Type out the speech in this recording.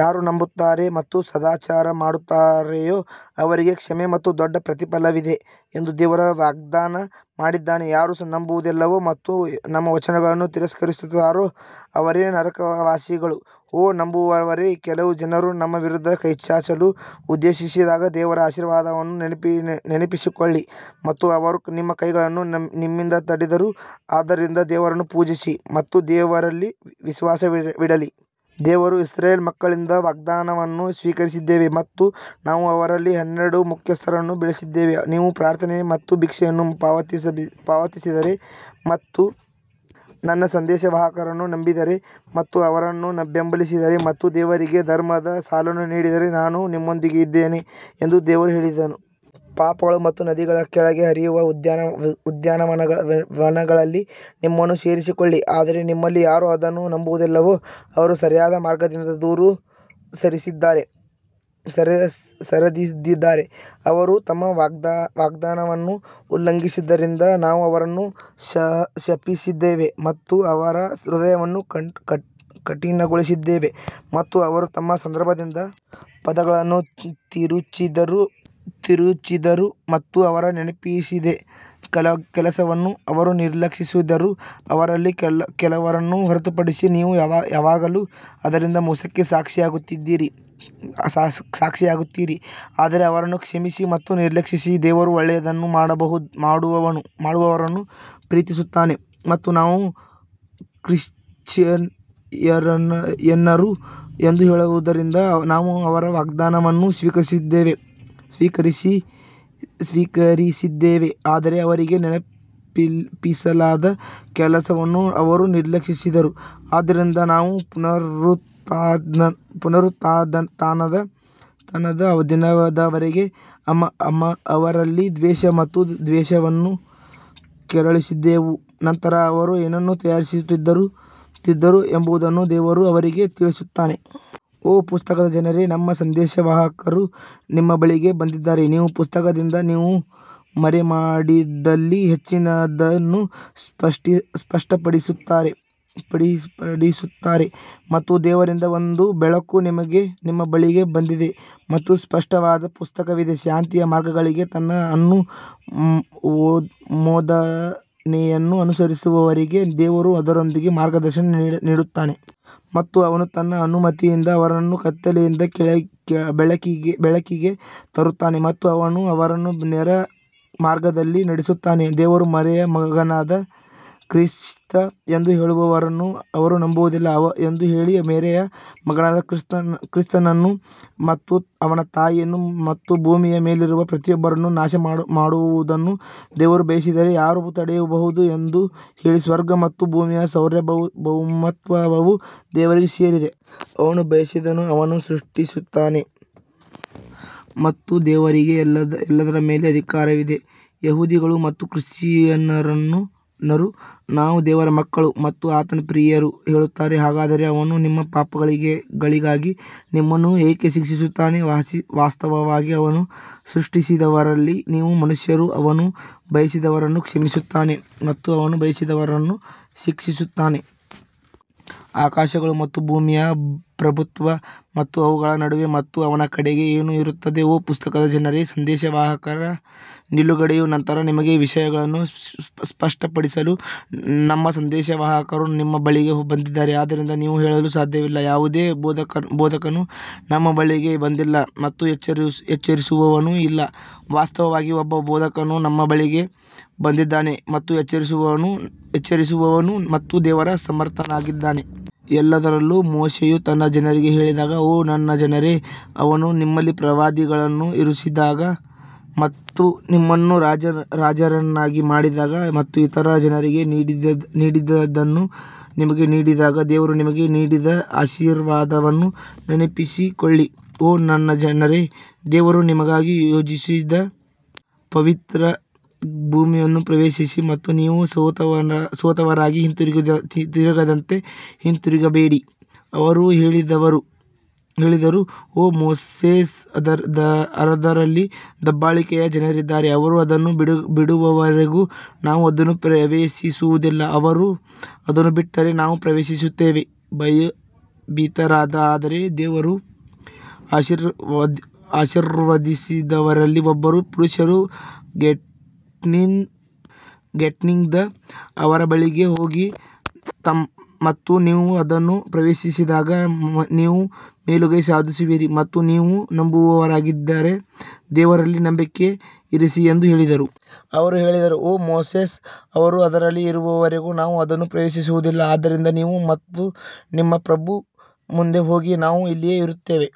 ಯಾರು ನಂಬುತ್ತಾರೆ ಮತ್ತು ಸದಾಚಾರ ಮಾಡುತ್ತಾರೆಯೋ ಅವರಿಗೆ ಕ್ಷಮೆ ಮತ್ತು ದೊಡ್ಡ ಪ್ರತಿಫಲವಿದೆ ಎಂದು ದೇವರು ವಾಗ್ದಾನ ಮಾಡಿದ್ದಾನೆ ಯಾರು ನಂಬುವುದಿಲ್ಲವೋ ಮತ್ತು ನಮ್ಮ ವಚನಗಳನ್ನು ತಿರಸ್ಕರಿಸುತ್ತಾರೋ ಅವರೇ ನರಕವಾಸಿಗಳು ಓ ನಂಬುವವರೇ, ಕೆಲವು ಜನರು ನಿಮ್ಮ ವಿರುದ್ಧ ಕೈಚಾಚಲು ಉದ್ದೇಶಿಸಿದಾಗ ದೇವರ ಆಶೀರ್ವಾದವನ್ನು ನೆನಪಿಸಿಕೊಳ್ಳಿ ಮತ್ತು ಅವರು ನಿಮ್ಮ ಕೈಗಳನ್ನು ನಿಮ್ಮಿಂದ ತಡೆದರು ಆದ್ದರಿಂದ ದೇವರನ್ನು ಪೂಜಿಸಿ ಮತ್ತು ದೇವರಲ್ಲಿ ವಿಶ್ವಾಸವಿಡಲಿ. ದೇವರು ಇಸ್ರೇಲ್ ಮಕ್ಕಳಿಂದ ವಾಗ್ದಾನವನ್ನು ಸ್ವೀಕರಿಸಿದ್ದೇವೆ ಮತ್ತು ನಾವು ಅವರಲ್ಲಿ ಹನ್ನೆರಡು ಮುಖ್ಯಸ್ಥರನ್ನು ಬೆಳೆಸಿದ್ದೇವೆ, ನೀವು ಪ್ರಾರ್ಥನೆ ಮತ್ತು ಭಿಕ್ಷೆಯನ್ನು ಪಾವತಿಸಿದರೆ ಮತ್ತು ನನ್ನ ಸಂದೇಶವಾಹಕರನ್ನು ನಂಬಿದರೆ ಮತ್ತು ಅವರನ್ನು ಬೆಂಬಲಿಸಿದರೆ ಮತ್ತು ದೇವರಿಗೆ ಧರ್ಮದ ಸಾಲವನ್ನು ನೀಡಿದರೆ ನಾನು ನಿಮ್ಮೊಂದಿಗಿದ್ದೇನೆ ಎಂದು ದೇವರು ಹೇಳಿದನು. ಪಾಪಗಳು ಮತ್ತು ನದಿಗಳ ಕೆಳಗೆ ಹರಿಯುವ ಉದ್ಯಾನವನಗಳಲ್ಲಿ ನಿಮ್ಮನ್ನು ಸೇರಿಸಿಕೊಳ್ಳಿ ಆದರೆ ನಿಮ್ಮಲ್ಲಿ ಯಾರು ಅದನ್ನು ನಂಬುವುದಿಲ್ಲವೋ ಅವರು ಸರಿಯಾದ ಮಾರ್ಗದಿಂದ ದೂರ ಸರಿದಿದ್ದಾರೆ ಅವರು ತಮ್ಮ ವಾಗ್ದಾನವನ್ನು ಉಲ್ಲಂಘಿಸಿದ್ದರಿಂದ ನಾವು ಅವರನ್ನು ಶಪಿಸಿದ್ದೇವೆ ಮತ್ತು ಅವರ ಹೃದಯವನ್ನು ಕಠಿಣಗೊಳಿಸಿದ್ದೇವೆ ಮತ್ತು ಅವರು ತಮ್ಮ ಸಂದರ್ಭದಿಂದ ಪದಗಳನ್ನು ತಿರುಚಿದರು ಮತ್ತು ಅವರು ನೆನಪಿಸಿದ ಕೆಲವನ್ನು ಅವರು ನಿರ್ಲಕ್ಷಿಸಿದರು ಅವರಲ್ಲಿ ಕೆಲವರನ್ನು ಹೊರತುಪಡಿಸಿ ನೀವು ಯಾವಾಗಲೂ ಅವರಿಂದ ಮೋಸಕ್ಕೆ ಸಾಕ್ಷಿಯಾಗುತ್ತೀರಿ ಆದರೆ ಅವರನ್ನು ಕ್ಷಮಿಸಿ ಮತ್ತು ನಿರ್ಲಕ್ಷಿಸಿ ದೇವರು ಒಳ್ಳೆಯದನ್ನು ಮಾಡುವವರನ್ನು ಪ್ರೀತಿಸುತ್ತಾನೆ ಮತ್ತು ನಾವು ಕ್ರಿಶ್ಚಿಯನ್ನರು ಎಂದು ಹೇಳುವವರಿಂದ ನಾವು ಅವರ ವಾಗ್ದಾನವನ್ನು ಸ್ವೀಕರಿಸಿದ್ದೇವೆ ಆದರೆ ಅವರಿಗೆ ನೆನಪಿಸಲಾದ ಕೆಲವನ್ನು ಅವರು ನಿರ್ಲಕ್ಷಿಸಿದರು ಆದ್ದರಿಂದ ನಾವು ಪುನರುತ್ಥಾನದ ದಿನದವರೆಗೆ ಅವರಲ್ಲಿ ದ್ವೇಷ ಮತ್ತು ದ್ವೇಷವನ್ನು ಕೆರಳಿಸಿದೆವು ನಂತರ ಅವರು ಏನನ್ನು ತಯಾರಿಸುತ್ತಿದ್ದರು ಎಂಬುದನ್ನು ದೇವರು ಅವರಿಗೆ ತಿಳಿಸುತ್ತಾನೆ. ಓ ಪುಸ್ತಕದ ಜನರೇ, ನಮ್ಮ ಸಂದೇಶವಾಹಕರು ನಿಮ್ಮ ಬಳಿಗೆ ಬಂದಿದ್ದಾರೆ, ನೀವು ಪುಸ್ತಕದಿಂದ ನೀವು ಮರೆಮಾಡಿದ್ದಲ್ಲಿ ಹೆಚ್ಚಿನದನ್ನು ಸ್ಪಷ್ಟಪಡಿಸುತ್ತಾರೆ ಮತ್ತು ದೇವರಿಂದ ಒಂದು ಬೆಳಕು ನಿಮ್ಮ ಬಳಿಗೆ ಬಂದಿದೆ ಮತ್ತು ಸ್ಪಷ್ಟವಾದ ಪುಸ್ತಕವಿದೆ. ಶಾಂತಿಯ ಮಾರ್ಗಗಳಿಗೆ ತನ್ನ ಅನುಮೋದನೆಯನ್ನು ಅನುಸರಿಸುವವರಿಗೆ ದೇವರು ಅದರೊಂದಿಗೆ ಮಾರ್ಗದರ್ಶನ ನೀಡುತ್ತಾನೆ ಮತ್ತು ಅವನು ತನ್ನ ಅನುಮತಿಯಿಂದ ಅವರನ್ನು ಕತ್ತಲೆಯಿಂದ ಬೆಳಕಿಗೆ ತರುತ್ತಾನೆ ಮತ್ತು ಅವನು ಅವರನ್ನು ನೇರ ಮಾರ್ಗದಲ್ಲಿ ನಡೆಸುತ್ತಾನೆ ದೇವರು ಮೇರಿಯ ಮಗನಾದ ಕ್ರಿಸ್ತ ಎಂದು ಹೇಳುವವರನ್ನು ಅವರು ನಂಬುವುದಿಲ್ಲ ಎಂದು ಹೇಳಿ, ಮೇರಿಯ ಮಗನಾದ ಕ್ರಿಸ್ತನನ್ನು ಮತ್ತು ಅವನ ತಾಯಿಯನ್ನು ಮತ್ತು ಭೂಮಿಯ ಮೇಲಿರುವ ಪ್ರತಿಯೊಬ್ಬರನ್ನು ನಾಶಮಾಡುವುದನ್ನು ದೇವರು ಬಯಸಿದರೆ ಯಾರು ತಡೆಯಬಹುದು ಎಂದು ಹೇಳಿ, ಸ್ವರ್ಗ ಮತ್ತು ಭೂಮಿಯ ಸಾರ್ವಭೌಮತ್ವವು ದೇವರಿಗೆ ಸೇರಿದೆ. ಅವನು ಬಯಸಿದ್ದನ್ನು ಅವನು ಸೃಷ್ಟಿಸುತ್ತಾನೆ ಮತ್ತು ದೇವರಿಗೆ ಎಲ್ಲದರ ಮೇಲೆ ಅಧಿಕಾರವಿದೆ ಯಹೂದಿಗಳು ಮತ್ತು ಕ್ರಿಶ್ಚಿಯನ್ನರು ನಾವು ದೇವರ ಮಕ್ಕಳು ಮತ್ತು ಆತನ ಪ್ರಿಯರು ಹೇಳುತ್ತಾರೆ, ಹಾಗಾದರೆ ಅವನು ನಿಮ್ಮ ಪಾಪಗಳಿಗಾಗಿ ನಿಮ್ಮನ್ನು ಏಕೆ ಶಿಕ್ಷಿಸುತ್ತಾನೆ, ವಾಸ್ತವವಾಗಿ ಅವನು ಸೃಷ್ಟಿಸಿದವರಲ್ಲಿ ನೀವು ಮನುಷ್ಯರು, ಅವನು ಬಯಸಿದವರನ್ನು ಕ್ಷಮಿಸುತ್ತಾನೆ ಮತ್ತು ಅವನು ಬಯಸಿದವರನ್ನು ಶಿಕ್ಷಿಸುತ್ತಾನೆ. ಆಕಾಶಗಳು ಮತ್ತು ಭೂಮಿಯ ಪ್ರಭುತ್ವ ಮತ್ತು ಅವುಗಳ ನಡುವೆ ಮತ್ತು ಅವನ ಕಡೆಗೆ ಏನು ಇರುತ್ತದೆ ಓ ಪುಸ್ತಕದ ಜನರೇ, ಸಂದೇಶವಾಹಕರ ನಿಲುಗಡೆಯ ನಂತರ ನಿಮಗೆ ವಿಷಯಗಳನ್ನು ಸ್ಪಷ್ಟಪಡಿಸಲು ನಮ್ಮ ಸಂದೇಶವಾಹಕರು ನಿಮ್ಮ ಬಳಿಗೆ ಬಂದಿದ್ದಾರೆ, ಆದ್ದರಿಂದ ನೀವು ಹೇಳಲು ಸಾಧ್ಯವಿಲ್ಲ, ಯಾವುದೇ ಬೋಧಕನು ನಮ್ಮ ಬಳಿಗೆ ಬಂದಿಲ್ಲ ಮತ್ತು ಎಚ್ಚರಿಸುವವನೂ ಇಲ್ಲ ವಾಸ್ತವವಾಗಿ ಒಬ್ಬ ಬೋಧಕನು ನಿಮ್ಮ ಬಳಿಗೆ ಬಂದಿದ್ದಾನೆ ಮತ್ತು ಎಚ್ಚರಿಸುವವನು ಮತ್ತು ದೇವರು ಸಮರ್ಥನಾಗಿದ್ದಾನೆ. ಎಲ್ಲದರಲ್ಲೂ ಮೋಶೆಯು ತನ್ನ ಜನರಿಗೆ ಹೇಳಿದಾಗ ಓ ನನ್ನ ಜನರೇ, ಅವನು ನಿಮ್ಮಲ್ಲಿ ಪ್ರವಾದಿಗಳನ್ನು ಇರಿಸಿದಾಗ ಮತ್ತು ನಿಮ್ಮನ್ನು ರಾಜರನ್ನಾಗಿ ಮಾಡಿದಾಗ ಮತ್ತು ಇತರ ಜನರಿಗೆ ನೀಡದಿದ್ದನ್ನು ನಿಮಗೆ ನೀಡಿದಾಗ ದೇವರು ನಿಮಗೆ ನೀಡಿದ ಆಶೀರ್ವಾದವನ್ನು ನೆನಪಿಸಿಕೊಳ್ಳಿ. ಓ ನನ್ನ ಜನರೇ, ದೇವರು ನಿಮಗಾಗಿ ನಿಯೋಜಿಸಿದ ಪವಿತ್ರ ಭೂಮಿಯನ್ನು ಪ್ರವೇಶಿಸಿ ಮತ್ತು ನೀವು ಸೋತವರಾಗಿ ಹಿಂತಿರುಗದಂತೆ ಹಿಂತಿರುಗಬೇಡಿ ಅವರು ಹೇಳಿದರು ಓ ಮೋಸೆಸ್ ಅದರಲ್ಲಿ ದಬ್ಬಾಳಿಕೆಯ ಜನರಿದ್ದಾರೆ ಅವರು ಅದನ್ನು ಬಿಡುವವರೆಗೂ ನಾವು ಅದನ್ನು ಪ್ರವೇಶಿಸುವುದಿಲ್ಲ ಅವರು ಅದನ್ನು ಬಿಟ್ಟರೆ ನಾವು ಪ್ರವೇಶಿಸುತ್ತೇವೆ ಭಯಭೀತರಾದ ಆದರೆ ದೇವರು ಆಶೀರ್ವದಿಸಿದವರಲ್ಲಿ ಇಬ್ಬರು ಪುರುಷರು ಗೇಟ್ನಿಂದ ಅವರ ಬಳಿಗೆ ಹೋಗಿ ಮತ್ತು ನೀವು ಅದನ್ನು ಪ್ರವೇಶಿಸಿದಾಗ ನೀವು ಮೇಲುಗೈ ಸಾಧಿಸುವಿರಿ ಮತ್ತು ನೀವು ನಂಬುವವರಾಗಿದ್ದರೆ ದೇವರಲ್ಲಿ ನಂಬಿಕೆ ಇರಿಸಿ ಎಂದು ಹೇಳಿದರು. ಅವರು ಹೇಳಿದರು ಓ ಮೋಸೆಸ್ ಅವರು ಅದರಲ್ಲಿ ಇರುವವರೆಗೂ ನಾವು ಅದನ್ನು ಪ್ರವೇಶಿಸುವುದಿಲ್ಲ ಆದ್ದರಿಂದ ನೀವು ಮತ್ತು ನಿಮ್ಮ ಪ್ರಭು ಮುಂದೆ ಹೋಗಿ ನಾವು ಇಲ್ಲಿಯೇ ಇರುತ್ತೇವೆ.